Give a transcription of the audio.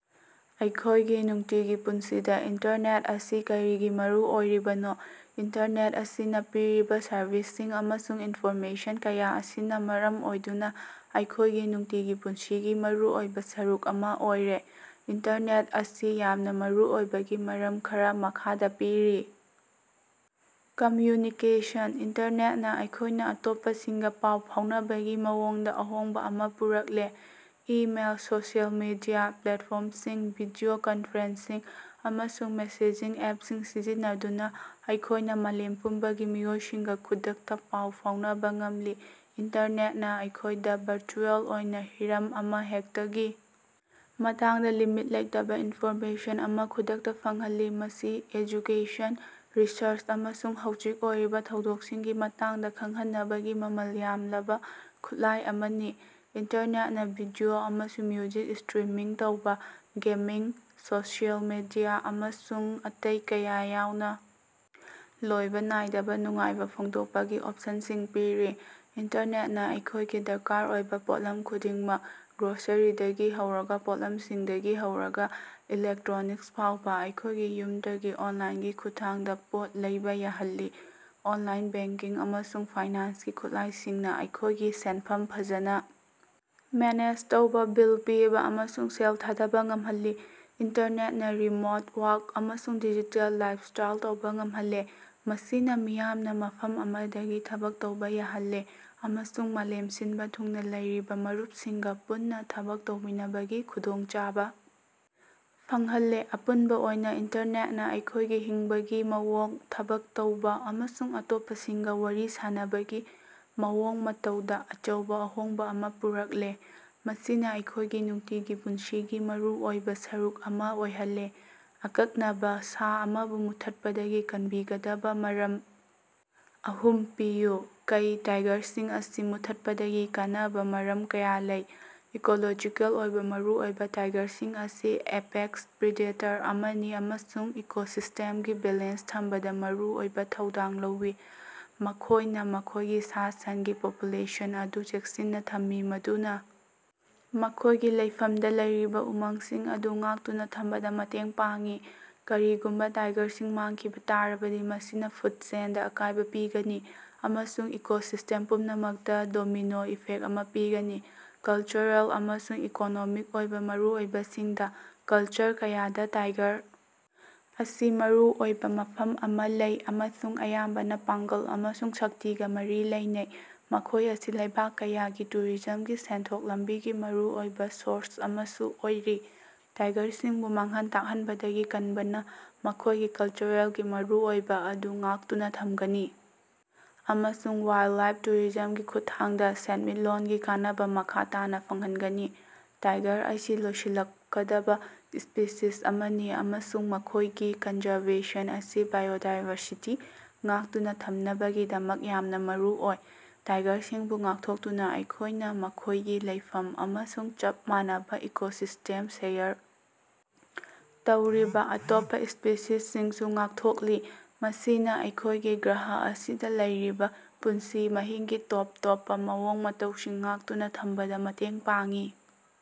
ꯑꯩꯈꯣꯏꯒꯤ ꯅꯨꯡꯇꯤꯒꯤ ꯄꯨꯟꯁꯤꯗꯥ ꯏꯟꯇꯔꯅꯦꯠ ꯑꯁꯤ ꯀꯔꯤꯒꯤ ꯃꯔꯨ ꯑꯣꯏꯔꯤꯕꯅꯣ? ꯏꯟꯇꯔꯅꯦꯠ ꯑꯁꯤꯅꯥ ꯄꯤꯔꯤꯕꯥ ꯁꯔꯚꯤꯁꯁꯤꯡ ꯑꯃꯁꯨꯡ ꯏꯟꯐꯣꯔꯃꯦꯁꯟ ꯀꯌꯥ ꯑꯁꯤꯅꯥ ꯃꯔꯝ ꯑꯣꯏꯗꯨꯅꯥ ꯑꯩꯈꯣꯏꯒꯤ ꯅꯨꯡꯇꯤꯒꯤ ꯄꯨꯟꯁꯤꯒꯤ ꯃꯔꯨꯑꯣꯏꯕꯥ ꯁꯔꯨꯛ ꯑꯃꯥ ꯑꯣꯏꯔꯦ꯫ ꯏꯟꯇꯔꯅꯦꯠ ꯑꯁꯤ ꯌꯥꯝꯅꯥ ꯃꯔꯨꯑꯣꯏꯕꯒꯤ ꯃꯔꯝ ꯈꯔꯥ ꯃꯈꯥꯗꯥ ꯄꯤꯔꯤ ꯀꯝꯃ꯭ꯌꯨꯅꯤꯀꯦꯁꯟ: ꯏꯟꯇꯔꯅꯦꯠꯅꯥ ꯑꯩꯈꯣꯏꯅꯥ ꯑꯇꯣꯞꯄꯁꯤꯡꯒꯥ ꯄꯥꯎ ꯐꯥꯎꯅꯕꯒꯤ ꯃꯑꯣꯡꯗꯥ ꯑꯍꯣꯡꯕꯥ ꯑꯃꯥ ꯄꯨꯔꯛꯂꯦ꯫ ꯏꯃꯦꯜ, ꯁꯣꯁꯤꯑꯦꯜ ꯃꯤꯗꯤꯌꯥ ꯄ꯭ꯂꯦꯠꯐꯣꯝꯁꯤꯡ, ꯚꯤꯗꯤꯑꯣ ꯀꯟꯐ꯭ꯔꯦꯟꯁꯤꯡ ꯑꯃꯁꯨꯡ ꯃꯦꯁꯦꯖꯤꯡ ꯑꯦꯞꯁꯤꯡ ꯁꯤꯖꯤꯟꯅꯗꯨꯅꯥ ꯑꯩꯈꯣꯏꯅꯥ ꯃꯥꯂꯦꯝ ꯄꯨꯝꯕꯒꯤ ꯃꯤꯑꯣꯏꯁꯤꯡꯒꯥ ꯈꯨꯗꯛꯇꯥ ꯄꯥꯎ ꯐꯥꯎꯅꯕꯥ ꯉꯝꯂꯤ꯫ꯏꯟꯇꯔꯅꯦꯠꯅꯥ ꯑꯩꯈꯣꯏꯗꯥ ꯕꯥꯔꯆꯨꯑꯦꯜ ꯑꯣꯏꯅꯥ ꯍꯤꯔꯝ ꯑꯃꯍꯦꯛꯇꯒꯤ ꯃꯇꯥꯡꯗꯥ ꯂꯤꯃꯤꯠ ꯂꯩꯇꯕꯥ ꯏꯟꯐꯣꯔꯃꯦꯁꯟ ꯑꯃꯥ ꯈꯨꯗꯛꯇꯥ ꯐꯪꯍꯜꯂꯤ꯫ ꯃꯁꯤ ꯑꯦꯖꯨꯀꯦꯁꯟ, ꯔꯤꯁꯔꯆ ꯑꯃꯁꯨꯡ ꯍꯧꯖꯤꯛ ꯑꯣꯏꯔꯤꯕꯥ ꯊꯧꯗꯣꯛꯁꯤꯡꯒꯤ ꯃꯇꯥꯡꯗꯥ ꯈꯪꯍꯟꯅꯕꯒꯤ ꯃꯃꯜ ꯌꯥꯝꯂꯕꯥ ꯈꯨꯠꯂꯥꯏ ꯑꯃꯅꯤ꯫ ꯏꯟꯇꯔꯅꯦꯠꯅꯥ ꯚꯤꯗꯤꯑꯣ ꯑꯃꯁꯨꯡ ꯃ꯭ꯌꯨꯖꯤꯛ ꯏꯁꯇ꯭ꯔꯤꯃꯤꯡ ꯇꯧꯕꯥ, ꯒꯦꯃꯤꯡ, ꯁꯣꯁꯤꯑꯦꯜ ꯃꯤꯗꯤꯌꯥ ꯑꯃꯁꯨꯡ ꯑꯇꯩ ꯀꯌꯥ ꯌꯥꯎꯅꯥ ꯂꯣꯏꯕꯥ ꯅꯥꯏꯗꯕꯥ ꯅꯨꯡꯉꯥꯏꯕꯥ ꯐꯣꯡꯗꯣꯛꯄꯒꯤ ꯑꯣꯞꯁꯟꯁꯤꯡ ꯄꯤꯔꯤ꯫ ꯏꯟꯇꯔꯅꯦꯠꯅꯥ ꯑꯩꯈꯣꯏꯒꯤ ꯗꯔꯀꯥꯔ ꯑꯣꯏꯕꯥ ꯄꯣꯠꯂꯝ ꯈꯨꯗꯤꯡꯃꯛ, ꯒ꯭ꯔꯣꯁꯔꯤꯗꯒꯤ ꯍꯧꯔꯒꯥ ꯄꯣꯠꯂꯝꯁꯤꯡꯗꯒꯤ ꯍꯧꯔꯒꯥ ꯏꯂꯦꯛꯇ꯭ꯔꯣꯅꯤꯛꯁ ꯐꯥꯎꯕꯥ, ꯑꯩꯈꯣꯏꯒꯤ ꯌꯨꯝꯗꯒꯤ ꯑꯣꯟꯂꯥꯏꯟꯒꯤ ꯈꯨꯊꯥꯡꯗ ꯄꯣꯠ ꯂꯩꯕꯥ ꯌꯥꯍꯜꯂꯤ꯫ ꯑꯣꯟꯂꯥꯏꯟ ꯕꯦꯡꯀꯤꯡ ꯑꯃꯁꯨꯡ ꯐꯥꯏꯅꯥꯟꯁꯀꯤ ꯈꯨꯠꯂꯥꯏꯁꯤꯡꯅꯥ ꯑꯩꯈꯣꯏꯒꯤ ꯁꯦꯟꯐꯝ ꯐꯖꯅꯥ ꯃꯦꯅꯦꯖ ꯇꯧꯕꯥ, ꯕꯤꯜ ꯄꯤꯕꯥ ꯑꯃꯁꯨꯡ ꯁꯦꯜ ꯊꯥꯗꯕꯥ ꯉꯝꯍꯜꯂꯤ꯫ ꯏꯟꯇꯔꯅꯦꯠꯅꯥ ꯔꯤꯃꯣꯠ ꯋꯥꯛ ꯑꯃꯁꯨꯡ ꯗꯤꯖꯤꯇꯦꯜ ꯂꯥꯏꯞꯁ꯭ꯇꯥꯏꯜ ꯇꯧꯕꯥ ꯉꯝꯍꯜꯂꯦ, ꯃꯁꯤꯅꯥ ꯃꯤꯌꯥꯝꯅꯥ ꯃꯐꯝ ꯑꯃꯗꯒꯤ ꯊꯕꯛ ꯇꯧꯕꯥ ꯌꯥꯍꯜꯂꯦ ꯑꯃꯁꯨꯡ ꯃꯥꯂꯦꯝ ꯁꯤꯟꯕꯥ ꯊꯨꯡꯅꯥ ꯂꯩꯔꯤꯕꯥ ꯃꯔꯨꯞꯁꯤꯡꯒꯥ ꯄꯨꯟꯅꯥ ꯊꯕꯛ ꯇꯧꯃꯤꯟꯅꯕꯒꯤ ꯈꯨꯗꯣꯡꯆꯥꯕꯥ ꯐꯪꯍꯜꯂꯦ꯫ ꯑꯄꯨꯟꯕꯥ ꯑꯣꯏꯅꯥ ꯏꯟꯇꯔꯅꯦꯠꯅꯥ ꯑꯩꯈꯣꯏꯒꯤ ꯍꯤꯡꯕꯒꯤ ꯃꯑꯣꯡ, ꯊꯕꯛ ꯇꯧꯕꯥ ꯑꯃꯁꯨꯡ ꯑꯇꯣꯞꯄꯁꯤꯡꯒꯥ ꯋꯥꯔꯤ ꯁꯥꯅꯕꯒꯤ ꯃꯑꯣꯡ ꯃꯇꯧꯗꯥ ꯑꯆꯧꯕꯥ ꯑꯍꯣꯡꯕꯥ ꯑꯃꯥ ꯄꯨꯔꯛꯂꯦ, ꯃꯁꯤꯅꯥ ꯑꯩꯈꯣꯏꯒꯤ ꯅꯨꯡꯇꯤꯒꯤ ꯄꯨꯟꯁꯤꯒꯤ ꯃꯔꯨꯑꯣꯏꯕꯥ ꯁꯔꯨꯛ ꯑꯃꯥ ꯑꯣꯏꯍꯜꯂꯦ꯫ ꯑꯀꯛꯅꯕꯥ ꯁꯥ ꯑꯃꯕꯨ ꯃꯨꯠꯊꯠꯄꯗꯒꯤ ꯀꯟꯕꯤꯒꯗꯕꯥ ꯃꯔꯝ ꯑꯍꯨꯝ ꯄꯤꯌꯨ꯫ ꯀꯩ ꯇꯥꯏꯒꯔꯁꯤꯡ ꯑꯁꯤ ꯃꯨꯠꯊꯠꯄꯗꯒꯤ ꯀꯟꯅꯕꯥ ꯃꯔꯝ ꯀꯌꯥ ꯂꯩ꯫ ꯏꯀꯣꯂꯣꯖꯤꯀꯦꯜ ꯑꯣꯏꯕꯥ ꯃꯔꯨꯑꯣꯏꯕꯥ ꯇꯥꯏꯒꯔꯁꯤꯡ ꯑꯁꯤ ꯑꯦꯄꯦꯛꯁ ꯄ꯭ꯔꯤꯗꯦꯇꯔ ꯑꯃꯅꯤ ꯑꯃꯁꯨꯡ ꯏꯀꯣꯁꯤꯁꯇꯦꯝꯒꯤ ꯕꯦꯂꯦꯟꯁ ꯊꯝꯕꯗꯥ ꯃꯔꯨꯑꯣꯏꯕꯥ ꯊꯧꯗꯥꯡ ꯂꯧꯏ꯫ ꯃꯈꯣꯏꯅꯥ ꯃꯈꯣꯏꯒꯤ ꯁꯥ-ꯁꯟꯒꯤ ꯄꯣꯄꯨꯂꯦꯁꯟ ꯑꯗꯨ ꯆꯦꯛꯁꯤꯟꯅꯥ ꯊꯝꯃꯤ ꯃꯗꯨꯅꯥ ꯃꯈꯣꯏꯒꯤ ꯂꯩꯐꯝꯗꯥ ꯂꯩꯔꯤꯕꯥ ꯎꯃꯪꯁꯤꯡ ꯑꯗꯨ ꯉꯥꯛꯇꯨꯅꯥ ꯊꯝꯕꯗꯥ ꯃꯇꯦꯡ ꯄꯥꯡꯏ꯫ ꯀꯔꯤꯒꯨꯝꯕꯥ ꯇꯥꯏꯒꯔꯁꯤꯡ ꯃꯥꯡꯈꯤꯕꯥ ꯇꯥꯔꯕꯗꯤ ꯃꯁꯤꯅꯥ ꯐꯨꯠ ꯆꯦꯟꯗꯥ ꯑꯀꯥꯏꯕꯥ ꯄꯤꯒꯅꯤ ꯑꯃꯁꯨꯡ ꯏꯀꯣꯁꯤꯁ꯭ꯇꯦꯝ ꯄꯨꯝꯅꯃꯛꯇꯥ ꯗꯣꯃꯤꯅꯣ ꯏꯐꯦꯛ ꯑꯃꯥ ꯄꯤꯒꯅꯤ꯫ ꯀꯜꯆꯔꯦꯜ ꯑꯃꯁꯨꯡ ꯏꯀꯣꯅꯣꯃꯤꯛ ꯑꯣꯏꯕꯥ ꯃꯔꯨꯑꯣꯏꯕꯁꯤꯡꯗ ꯀꯜꯆꯔ ꯀꯌꯥꯗꯥ ꯇꯥꯏꯒꯔ ꯑꯁꯤ ꯃꯔꯨꯑꯣꯏꯕꯥ ꯃꯐꯝ ꯑꯃꯥ ꯂꯩ ꯑꯃꯁꯨꯡ ꯑꯌꯥꯝꯕꯅꯥ ꯄꯥꯡꯒꯜ ꯑꯃꯁꯨꯡ ꯁꯛꯇꯤꯒꯥ ꯃꯔꯤ ꯂꯩꯅꯩ꯫ ꯃꯈꯣꯏ ꯑꯁꯤ ꯂꯩꯕꯥꯛ ꯀꯌꯥꯒꯤ ꯇꯨꯔꯤꯖꯝꯒꯤ ꯁꯦꯟꯊꯣꯛ ꯂꯝꯕꯤꯒꯤ ꯃꯔꯨꯑꯣꯏꯕꯥ ꯁꯣꯔꯁ ꯑꯃꯁꯨ ꯑꯣꯏꯔꯤ꯫ ꯇꯥꯏꯒꯔꯁꯤꯡꯕꯨ ꯃꯥꯡꯍꯟ ꯇꯥꯛꯍꯟꯕꯗꯒꯤ ꯀꯟꯕꯅꯥ ꯃꯈꯣꯏꯒꯤ ꯀꯜꯆꯔꯦꯜꯒꯤ ꯃꯔꯨꯑꯣꯏꯕꯥ ꯑꯗꯨ ꯉꯥꯛꯇꯨꯅꯥ ꯊꯝꯒꯅꯤ ꯑꯃꯁꯨꯡ ꯋꯥꯏꯜꯂꯥꯏꯞ ꯇꯨꯔꯤꯖꯝꯒꯤ ꯈꯨꯠꯊꯥꯡꯗꯥ ꯁꯦꯟꯃꯤꯠꯂꯣꯟꯒꯤ ꯀꯥꯟꯅꯕꯥ ꯃꯈꯥ ꯇꯥꯅꯥ ꯐꯪꯍꯟꯒꯅꯤ꯫ ꯇꯥꯏꯒꯔ ꯑꯁꯤ ꯂꯣꯏꯁꯤꯜꯂꯛꯀꯗꯕꯥ ꯁ꯭ꯄꯤꯁꯤꯁ ꯑꯃꯅꯤ ꯑꯃꯁꯨꯡ ꯃꯈꯣꯏꯒꯤ ꯀꯟꯖꯔꯕꯦꯁꯟ ꯑꯁꯤ ꯕꯥꯏꯑꯣꯗꯥꯏꯕꯔꯁꯤꯇꯤ ꯉꯥꯛꯇꯨꯅꯥ ꯊꯝꯅꯕꯒꯤꯗꯃꯛ ꯌꯥꯝꯅꯥ ꯃꯔꯨꯑꯣꯏ꯫ ꯇꯥꯏꯒꯔꯁꯤꯡꯕꯨ ꯉꯥꯛꯊꯣꯛꯇꯨꯅꯥ ꯑꯩꯈꯣꯏꯅꯥ ꯃꯈꯣꯏꯒꯤ ꯂꯩꯐꯝ ꯑꯃꯁꯨꯡ ꯆꯞ ꯃꯥꯟꯅꯕꯥ ꯏꯀꯣꯁꯤꯁꯇꯦꯝ ꯁꯦꯌꯔ ꯇꯧꯔꯤꯕꯥ ꯑꯇꯣꯞꯄꯥ ꯁ꯭ꯄꯤꯁꯤꯁꯁꯤꯡꯁꯨ ꯉꯥꯛꯊꯣꯛꯂꯤ꯫ ꯃꯁꯤꯅꯥ ꯑꯩꯈꯣꯏꯒꯤ ꯒ꯭ꯔꯍ ꯑꯁꯤꯗꯥ ꯂꯩꯔꯤꯕꯥ ꯄꯨꯟꯁꯤ ꯃꯍꯤꯡꯒꯤ ꯇꯣꯞ ꯇꯣꯞꯄꯥ ꯃꯑꯣꯡ ꯃꯇꯧꯁꯤꯡ ꯉꯥꯛꯇꯨꯅꯥ ꯊꯝꯕꯗꯥ ꯃꯇꯦꯡ ꯄꯥꯡꯏ꯫